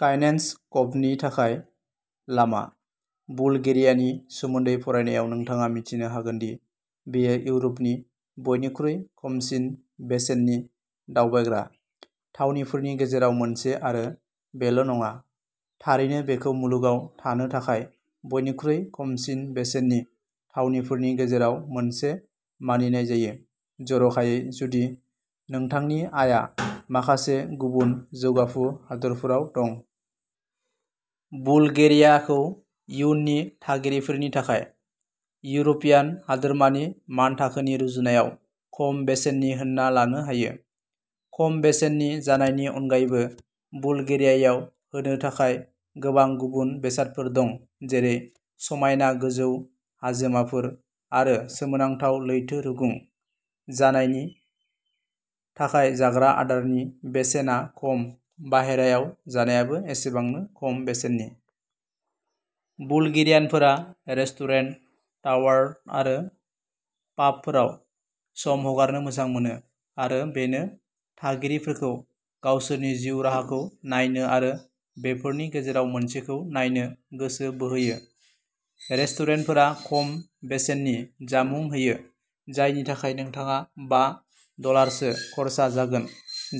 काइनेन्स कभनि थाखाय लामा। बुलगेरियानि सोमोन्दै फरायनायाव नोंथाङा मिथिनो हागोन दि बेयो इउरपनि बयनिख्रुइ खमसिन बेसेननि दावबायग्रा थावनिफोरनि गेजेराव मोनसे आरो बेल' नङा। थारैनो बेखौ मुलुगाव थानो थाखाय बयनिख्रुइ खमसिन बेसेननि थावनिफोरनि गेजेराव मोनसे मानिनाय जायो जर'खायै जुदि नोंथांनि आयआ माखासे गुबुन जौगाफु हादोरफोराव दं। बुलगेरियाखौ इयुननि थागिरिफोरनि थाखाय इउर'पियान हादोरमानि मानथाखोनि रुजुनायाव खम बेसेननि होनना लानो हायो। खम बेसेननि जानायनि अनगायैबो बुलगेरियायाव होनो थाखाय गोबां गुबुन बेसादफोर दं जेरै समायना गोजौ हाजोमाफोर आरो सोमोनांथाव लैथो रुगुं। जानायनि थाखाय जाग्रा आदारनि बेसेना खम बाहेरायाव जानायाबो एसेबांनो खम बेसेननि। बुलगेरियानफोरा रेस्टुरेन्ट, टावार्न आरो पाबफोराव सम हगारनो मोजां मोनो आरो बेनो थागिरिफोरखौ गावसोरनि जिउ राहाखौ नायनो आरो बेफोरनि गेजेराव मोनसेखौ नायनो गोसो बोहोयो। रेस्टुरेन्टफोरा खम बेसेननि जामुं होयो जायनि थाखाय नोंथाङा बा डलारसो खर्सा जागोन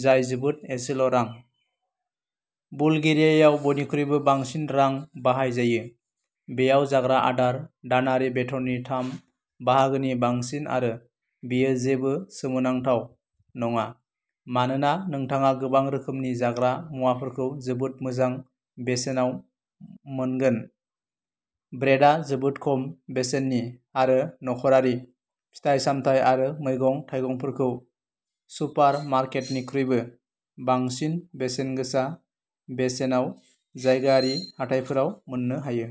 जाय जोबोद एसेल' रां। बुलगेरियायाव बयनिख्रुइबो बांसिन रां बाहायजायो बेयाव जाग्रा आदार दानारि बेथननि थाम बाहागोनि बांसिन आरो बेयो जेबो सोमोनांथाव नङा मानोना नोंथाङा गोबां रोखोमनि जाग्रा मुवाफोरखौ जोबोद मोजां बेसेनाव मोनगोन। ब्रेडआ जोबोद खम बेसेननि आरो न'खरारि फिथाइ-सामथाइ आरो मैगं-थाइगंफोरखौ सुपारमार्केटनिख्रुइबो बांसिन बेसेनगोसा बेसेनाव जायगायारि हाथाइफोराव मोननो हायो।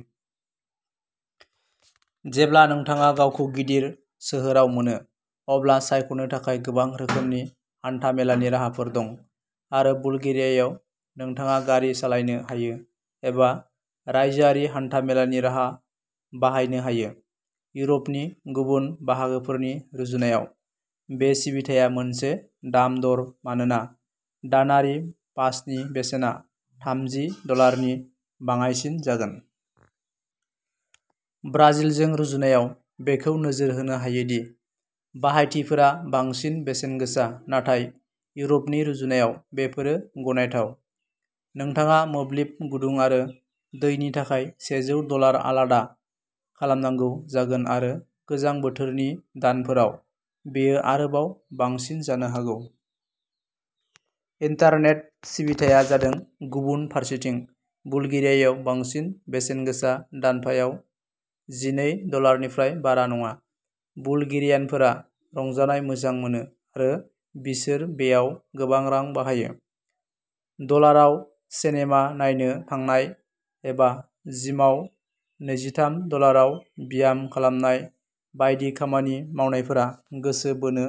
जेब्ला नोंथाङा गावखौ गिदिर सोहोराव मोनो अब्ला सायख'नो थाखाय गोबां रोखोमनि हान्था-मेलानि राहाफोर दं आरो बुलगेरियायाव नोंथाङा गारि सालायनो हायो एबा रायजोआरि हान्था-मेलानि राहा बाहायनो हायो। इउरपनि गुबुन बाहागोफोरनि रुजुनायाव बे सिबिथाया मोनसे दाम-दर मानोना दानारि पासनि बेसेना थामजि डलारनि बाङाइसिन जागोन। ब्राजिलजों रुजुनायाव बेखौ नोजोर होनो हायो दि बाहायथिफोरा बांसिन बेसेनगोसा नाथाय इउर'पनि रुजुनायाव बेफोरो गनायथाव। नोंथाङा मोब्लिब गुदुं आरो दैनि थाखाय सेजौ डलार आलादा खालामनांगौ जागोन आरो गोजां बोथोरनि दानफोराव बेयो आरोबाव बांसिन जानो हागौ। इन्टारनेट सिबिथाया जादों गुबुन फारसेथिं बुलगेरियायाव बांसिन बेसेनगोसा दानफायाव जिनै डलारनिफ्राय बारा नङा। बुलगेरियानफोरा रंजानाय मोजां मोनो आरो बिसोर बेयाव गोबां रां बाहायो। डलाराव सिनेमा नायनो थांनाय एबा जिमाव नैजिथाम डलाराव ब्याम खालामनाय बायदि खामानि मावनायफोरा गोसो बोनो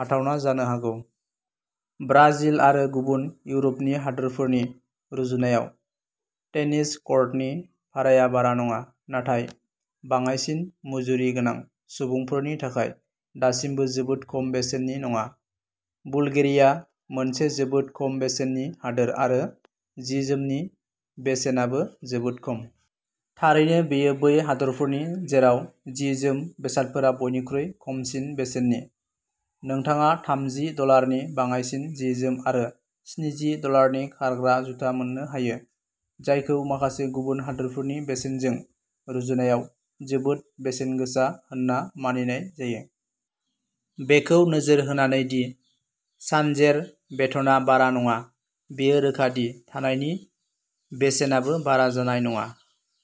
हाथावना जानो हागौ। ब्राजिल आरो गुबुन इउर'पनि हादोरफोरनि रुजुनायाव टेनिस क'र्टनि भाराया बारा नङा नाथाय बाङाइसिन मुजुरि गोनां सुबुंफोरनि थाखाय दासिमबो जोबोद खम बेसेननि नङा। बुलगेरिया मोनसे जोबोद खम बेसेननि हादोर आरो जि-जोमनि बेसेनाबो जोबोद खम। थारैनो बेयो बै हादोरफोरनि जेराव जि-जोम बेसादफोरा बयनिख्रुइ खमसिन बेसेननि। नोंथाङा थामजि डलारनि बाङाइसिन जि-जोम आरो स्निजि डलारनि खारग्रा जुथा मोननो हायो। जायखौ माखासे गुबुन हादोरफोरनि बेसेनजों रुजुनायाव जोबोद बेसेनगोसा होनना मानिनाय जायो। बेखौ नोजोर होनानै दि सानजेर बेथनआ बारा नङा बेयो रोखा दि थानायनि बेसेनाबो बारा जानाय नङा।